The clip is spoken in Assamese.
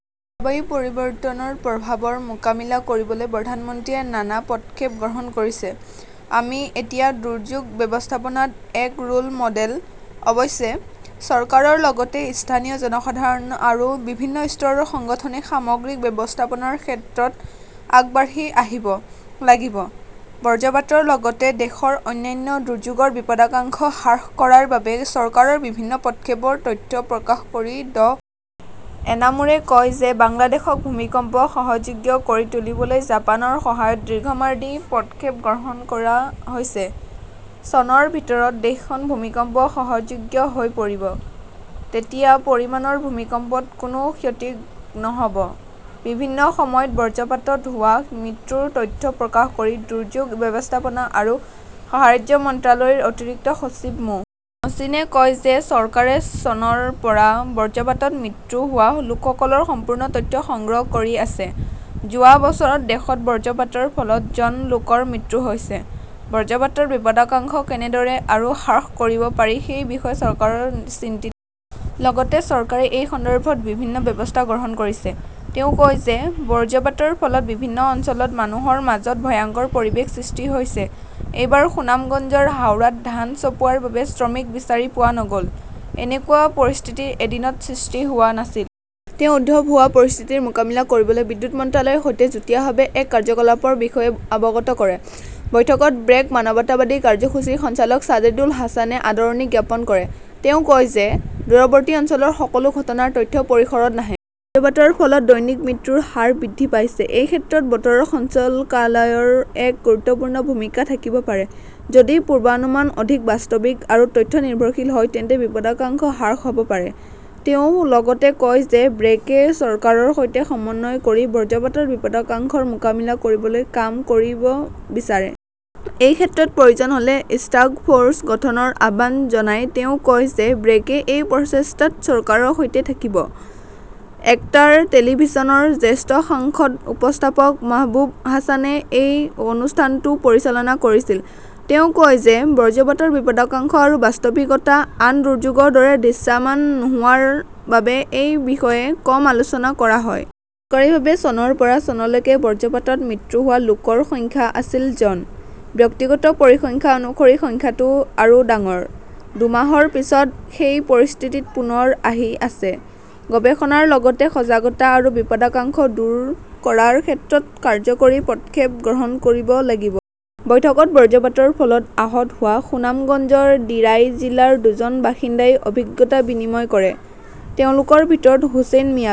জলবায়ু পৰিৱৰ্তনৰ প্ৰভাৱৰ মোকাবিলা কৰিবলৈ প্ৰধানমন্ত্ৰীয়ে নানা পদক্ষেপ গ্ৰহণ কৰিছে। আমি এতিয়া দুৰ্যোগ ব্যৱস্থাপনাত এক ৰোল মডেল। অৱশ্যে, চৰকাৰৰ লগতে স্থানীয় জনসাধাৰণ আৰু বিভিন্ন স্তৰৰ সংগঠনে সামগ্ৰিক ব্যৱস্থাপনাৰ ক্ষেত্ৰত আগবাঢ়ি আহিব লাগিব। বজ্ৰপাতৰ লগতে দেশৰ অন্যান্য দুৰ্যোগৰ বিপদাশংকা হ্ৰাস কৰাৰ বাবে চৰকাৰৰ বিভিন্ন পদক্ষেপৰ তথ্য প্ৰকাশ কৰি ড। এনামুৰে কয় যে বাংলাদেশক ভূমিকম্প সহ্যযোগ্য কৰি তুলিবলৈ জাপানৰ সহায়ত দীৰ্ঘম্যাদী পদক্ষেপ গ্ৰহণ কৰা হৈছে। চনৰ ভিতৰত দেশখন ভূমিকম্প সহ্যযোগ্য হৈ পৰিব। তেতিয়া পৰিমাণৰ ভূমিকম্পতো কোনো ক্ষতি নহ "ব। বিভিন্ন সময়ত বজ্ৰপাতত হোৱা মৃত্যুৰ তথ্য প্ৰকাশ কৰি দুৰ্যোগ ব্যৱস্থাপনা আৰু সাহায্য মন্ত্ৰালয়ৰ অতিৰিক্ত সচিব মো. মহচিনে কয় যে চৰকাৰে চনৰ পৰা বজ্ৰপাতত মৃত্যু হোৱা লোকসকলৰ সম্পূৰ্ণ তথ্য সংগ্ৰহ কৰি আছে। যোৱা বছৰত দেশত বজ্ৰপাতৰ ফলত জন লোকৰ মৃত্যু হৈছে। বজ্ৰপাতৰ বিপদাশংকা কেনেদৰে আৰু হ্ৰাস কৰিব পাৰি সেই বিষয়ে চৰকাৰ চিন্তিত। লগতে চৰকাৰে এই সন্দৰ্ভত বিভিন্ন ব্যৱস্থা গ্ৰহণ কৰিছে। তেওঁ কয় যে বজ্ৰপাতৰ ফলত বিভিন্ন অঞ্চলত মানুহৰ মাজত ভয়ংকৰ পৰিৱেশৰ সৃষ্টি হৈছে। এইবাৰ সুনামগঞ্জৰ হাওৰত ধান চপোৱাৰ বাবে শ্ৰমিক বিচাৰি পোৱা নগ "ল। এনেকুৱা পৰিস্থিতি এদিনত সৃষ্টি হোৱা নাছিল। তেওঁ উদ্ভৱ হোৱা পৰিস্থিতিৰ মোকাবিলা কৰিবলৈ বিদ্যুৎ মন্ত্ৰালয়ৰ সৈতে যুটীয়াভাৱে এক কাৰ্যকলাপৰ বিষয়েও অৱগত কৰে। বৈঠকত ব্ৰেক মানৱতাবাদী কাৰ্যসূচীৰ সঞ্চালক ছাজেদুল হাছানে আদৰণি জ্ঞাপন কৰে। তেওঁ কয় যে দূৰৱৰ্তী অঞ্চলৰ সকলো ঘটনাৰ তথ্য পৰিসৰত নাহে। বজ্ৰপাতৰ ফলত দৈনিক মৃত্যুৰ হাৰ বৃদ্ধি পাইছে। এই ক্ষেত্ৰত বতৰ সঞ্চালকালয়ৰ এক গুৰুত্বপূৰ্ণ ভূমিকা থাকিব পাৰে। যদি পূৰ্বানুমান অধিক বাস্তৱিক আৰু তথ্য-নিৰ্ভৰশীল হয় তেন্তে বিপদাশংকা হ্ৰাস হ 'ব পাৰে। তেওঁ লগতে কয় যে ব্ৰেকে চৰকাৰৰ সৈতে সমন্বয় কৰি বজ্ৰপাতৰ বিপদাশংকাৰ মোকাবিলা কৰিবলৈ কাম কৰিব বিচাৰে। এই ক্ষেত্ৰত প্ৰয়োজন হ "লে টাস্ক ফ" ৰ্চ গঠনৰ আহ্বান জনাই তেওঁ কয় যে ব্ৰেকে এই প্ৰচেষ্টাত চৰকাৰৰ সৈতে থাকিব। একাত্তৰ টেলিভিছনৰ জ্যেষ্ঠ সংবাদ উপস্থাপক মহবূব হাছানে এই অনুষ্ঠানটো পৰিচালনা কৰিছিল। তেওঁ কয় যে বজ্ৰপাতৰ বিপদাশংকা আৰু বাস্তৱিকতা আন দুৰ্যোগৰ দৰে দৃশ্যমান নোহোৱাৰ বাবে এই বিষয়ে কম আলোচনা কৰা হয়। চৰকাৰীভাৱে চনৰ পৰা চনলৈকে বজ্ৰপাতত মৃত্যু হোৱা লোকৰ সংখ্যা আছিল জন। ব্যক্তিগত পৰিসংখ্যা অনুসৰি সংখ্যাটো আৰু ডাঙৰ। দুমাহৰ পিছত সেই পৰিস্থিতি পুনৰ আহি আছে। গৱেষণাৰ লগতে সজাগতা আৰু বিপদাশংকা দূৰ কৰাৰ ক্ষেত্ৰত কাৰ্যকৰী পদক্ষেপ গ্ৰহণ কৰিব লাগিব। বৈঠকত বজ্ৰপাতৰ ফলত আহত হোৱা সুনামগঞ্জৰ দিৰাই জিলাৰ দুজন বাসিন্দাই অভিজ্ঞতা বিনিময় কৰে। তেওঁলোকৰ ভিতৰত হুচেইন মিয়াৱে